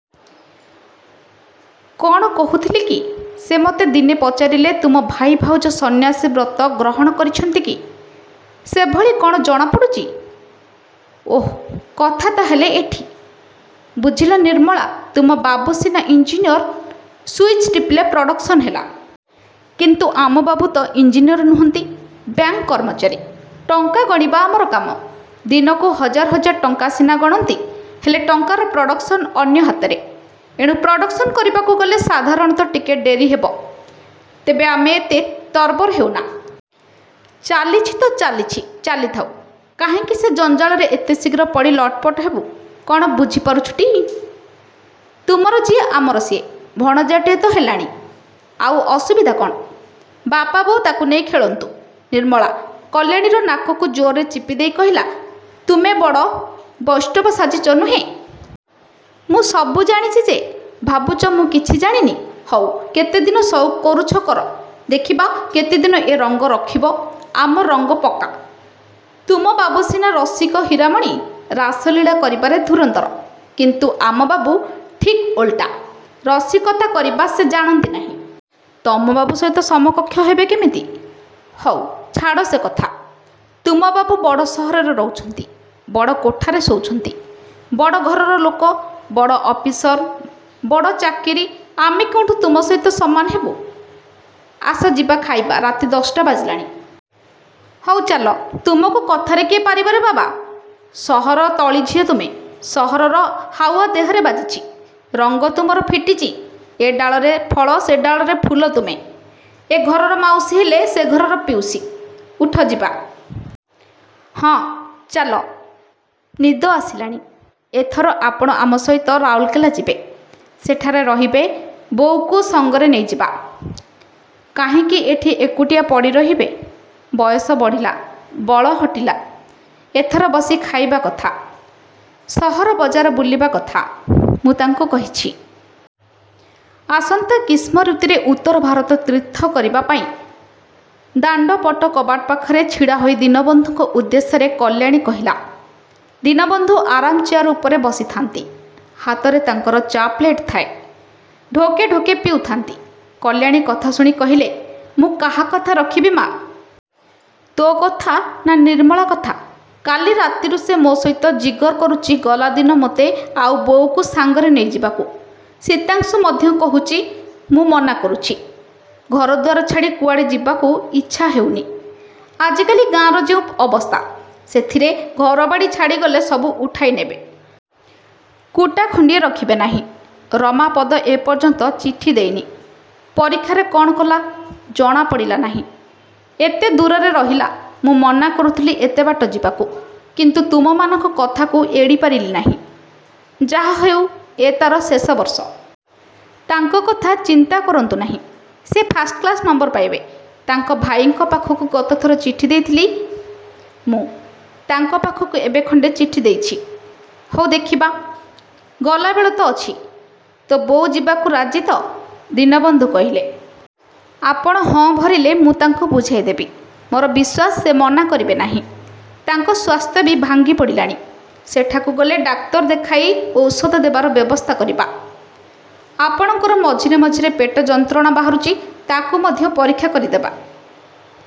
କ'ଣ କହୁଥିଲି କି, ସେ ମୋତେ ଦିନେ ପଚାରିଲେ, ତୁମ ଭାଇ ଭାଉଜ ସନ୍ୟାସୀ ବ୍ରତ ଗ୍ରହଣ କରିଛନ୍ତି କି? ସେଭଳି କ'ଣ ଜଣା ପଡ଼ୁଛି। ଓଃ କଥା ତା'ହେଲେ ଏଠି। ବୁଝିଲ ନିର୍ମଳା ତୁମ ବାବୁ ସିନା ଇଞ୍ଜିନିୟର। ସୁଇଚ୍ ଟିପିଲେ ପ୍ରଡ଼କ୍ସନ ହେଲା। କିନ୍ତୁ ଆମବାବୁ ତ ଇଞ୍ଜିନିୟର ନୁହଁନ୍ତି, ବ୍ୟାଙ୍କ କର୍ମଚାରୀ। ଟଙ୍କା ଗଣିବା ଆମର କାମ। ଦିନକୁ ହଜାର ହଜାର ଟଙ୍କା ସିନା ଗଣନ୍ତି, ହେଲେ ଟଙ୍କାର ପ୍ରଡ଼କ୍ସନ ଅନ୍ୟ ହାତରେ। ଏଣୁ ପ୍ରଡ଼କ୍ସନ କରିବାକୁ ଗଲେ ସାଧାରଣତଃ ଟିକେ ଡେରି ହେବ। ତେବେ ଆମେ ଏତେ ତରବର ହେଉନା। ଚାଲିଛି ତ ଚାଲିଛି ଚାଲିଥାଉ। କାହିଁକି ସେ ଜଞ୍ଜାଳରେ ଏତେ ଶୀଘ୍ର ପଡ଼ି ଲଟପଟ ହେବୁ। କ'ଣ ବୁଝି ପାରୁଛଟି? ତୁମର ଯିଏ ଆମର ସିଏ। ଭଣଜାଟିଏ ତ ହେଲାଣି ଆଉ ଅସୁବିଧା କ'ଣ? ବାପା ବୋଉ ତା'କୁ ନେଇ ଖେଳନ୍ତୁ। ନିର୍ମଳା କଲ୍ୟାଣୀର ନାକକୁ ଜୋରରେ ଚିପିଦେଇ କହିଲା ତୁମେ ବିରାଡ଼ି ବୈଷ୍ଣବ ସାଜିଛ ନୁହେଁ? ମୁଁ ସବୁ ଜାଣିଛି ଯେ। ଭାବୁଛ ମୁଁ କିଛି ଜାଣିନି। ହଉ କେତେଦିନ ସଉକ କରୁଛ କର। ଦେଖିବା କେତେଦିନ ଏ ରଙ୍ଗ ରଖିବ। ଆମ ରଙ୍ଗ ପକା। ତୁମବାବୁ ସିନା ରସିକ ହୀରାମଣି। ରାସଲୀଳା କରିବାରେ ଧୂରନ୍ଧର। କିନ୍ତୁ ଆମବାବୁ ଠିକ୍ ଓଲଟା, ରସିକତା କରିବା ସେ ଜାଣନ୍ତି ନାହିଁ। ତମବାବୁ ସହିତ ସମକକ୍ଷ ହେବେ କେମିତି? ହଉ ଛାଡ଼ ସେ କଥା। ତୁମବାବୁ ବଡ଼ ସହରରେ ରହୁଛନ୍ତି, ବଡ଼ କୋଠାରେ ଶୋଉଛନ୍ତି, ବଡ଼ ଘରର ଲୋକ, ବଡ଼ ଅଫିସର, ବଡ଼ ଚାକିରି, ଆମେ କେଉଁଠୁ ତୁମ ସହିତ ସମାନ ହେବୁ। ଆସ ଯିବା ଖାଇବା, ରାତି ଦଶଟା ବାଜିଲାଣି। ହଉ ଚାଲ। ତୁମକୁ କଥାରେ କିଏ ପାରିବରେ ବାବା। ସହର ତଳି ଝିଅ ତୁମେ। ସହରର ହାଉଆ ଦେହରେ ବାଜିଛି। ରଙ୍ଗ ତୁମର ଫିଟିଛି, ଏ ଡାଳରେ ଫଳ ସେ ଡାଳରେ ଫୁଲ ତୁମେ। ଏ ଘରର ମାଉସୀ ହେଲେ ସେ ଘରର ପିଉସୀ, ଉଠ, ଯିବା। ହଁ ଚାଲ, ନିଦ ଆସିଲାଣି। ଏଥର ଆପଣ ଆମ ସହିତ ରାଉରକେଲା ଯିବେ। ସେଠାରେ ରହିବେ। ବୋଉକୁ ସଙ୍ଗରେ ନେଇଯିବା। କାହିଁକି ଏଠି ଏକୁଟିଆ ପଡ଼ି ରହିବେ। ବୟସ ବଢ଼ିଲା, ବଳ ହଟିଲା, ଏଥର ବସି ଖାଇବା କଥା। ସହର ବଜାର ବୁଲିବା କଥା। ମୁଁ ତାଙ୍କୁ କହିଛି। ଆସନ୍ତା ଗ୍ରୀଷ୍ମ ଋତୁରେ ଉତ୍ତର ଭାରତ ତୀର୍ଥ କରିବା ପାଇଁ। ଦାଣ୍ଡପଟ କବାଟ ପାଖରେ ଛିଡ଼ାହୋଇ ଦୀନବନ୍ଧୁଙ୍କ ଉଦ୍ଦେଶ୍ୟରେ କଲ୍ୟାଣୀ କହିଲା। ଦୀନବନ୍ଧୁ ଆରାମ୍ ଚେୟାର ଉପରେ ବସିଥାନ୍ତି। ହାତରେ ତାଙ୍କର ଚା' ପ୍ଳେଟ୍ ଥାଏ। ଢୋକେ ଢୋକେ ପିଉଥାନ୍ତି। କଲ୍ୟାଣୀ କଥାଶୁଣି କହିଲେ, ମୁଁ କାହା କଥା ରଖିବି ମା'! ତୋ' କଥା ନା ନିର୍ମଳା କଥା। କାଲି ରାତିରୁ ସେ ମୋ ସହିତ ଜିଗର କରୁଛି ଗଲାଦିନ ମୋତେ ଆଉ ବୋଉକୁ ସାଙ୍ଗରେ ନେଇଯିବାକୁ। ଶୀତାଂଶୁ ମଧ୍ୟ କହୁଛି, ମୁଁ ମନା କରୁଛି। ଘରଦ୍ୱାର ଛାଡ଼ି କୁଆଡ଼େ ଯିବାକୁ ଇଚ୍ଛା ହେଉନି। ଆଜିକାଲି ଗାଁର ଯେଉଁ ଅବସ୍ଥା, ସେଥିରେ ଘରବାଡ଼ି ଛାଡ଼ିଗଲେ ସବୁ ଉଠେଇ ନେବେ। କୁଟା ଖଣ୍ଡିଏ ରଖିବେ ନାହିଁ। ରମାପଦ ଏ ପର୍ଯ୍ୟନ୍ତ ଚିଠି ଦେଇନି। ପରୀକ୍ଷାରେ କ'ଣ କଲା, ଜଣା ପଡ଼ିଲା ନାହିଁ। ଏତେ ଦୂରରେ ରହିଲା। ମୁଁ ମନା କରୁଥିଲି ଏତେ ବାଟ ଯିବାକୁ। କିନ୍ତୁ ତୁମମାନଙ୍କ କଥାକୁ ଏଡ଼ି ପାରିଲି ନାହିଁ। ଯାହା ହେଉ ଏ ତା'ର ଶେଷ ବର୍ଷ। ତାଙ୍କ କଥା ଚିନ୍ତା କରନ୍ତୁ ନାହିଁ, ସେ ଫାଷ୍ଟକ୍ଳାସ ନମ୍ୱର ପାଇବେ। ତାଙ୍କ ଭାଇଙ୍କ ପାଖକୁ ଗତଥର ଚିଠି ଦେଇଥିଲେ। ମୁଁ। ତାଙ୍କ ପାଖକୁ ଏବେ ଖଣ୍ଡେ ଚିଠି ଦେଇଛି। ହଉ ଦେଖିବା, ଗଲାବେଳ ତ ଅଛି। ତୋ ବୋଉ ଯିବାକୁ ରାଜି ତ, ଦୀନବନ୍ଧୁ କହିଲେ। ଆପଣ ହଁ ଭରିଲେ ମୁଁ ତାଙ୍କୁ ବୁଝାଇ ଦେବି। ମୋର ବିଶ୍ୱାସ ସେ ମନା କରିବେ ନାହିଁ। ତାଙ୍କ ସ୍ୱାସ୍ଥ୍ୟ ବି ଭାଙ୍ଗି ପଡ଼ିଲାଣି। ସେଠାକୁ ଗଲେ ଡାକ୍ତର ଦେଖାଇ ଔଷଧ ଦେବାର ବ୍ୟବସ୍ଥା କରିବା। ଆପଣଙ୍କର ମଝିରେ ମଝିରେ ପେଟ ଯନ୍ତ୍ରଣା ବାହାରୁଛି, ତା'କୁ ମଧ୍ୟ ପରୀକ୍ଷା କରି ଦେବା।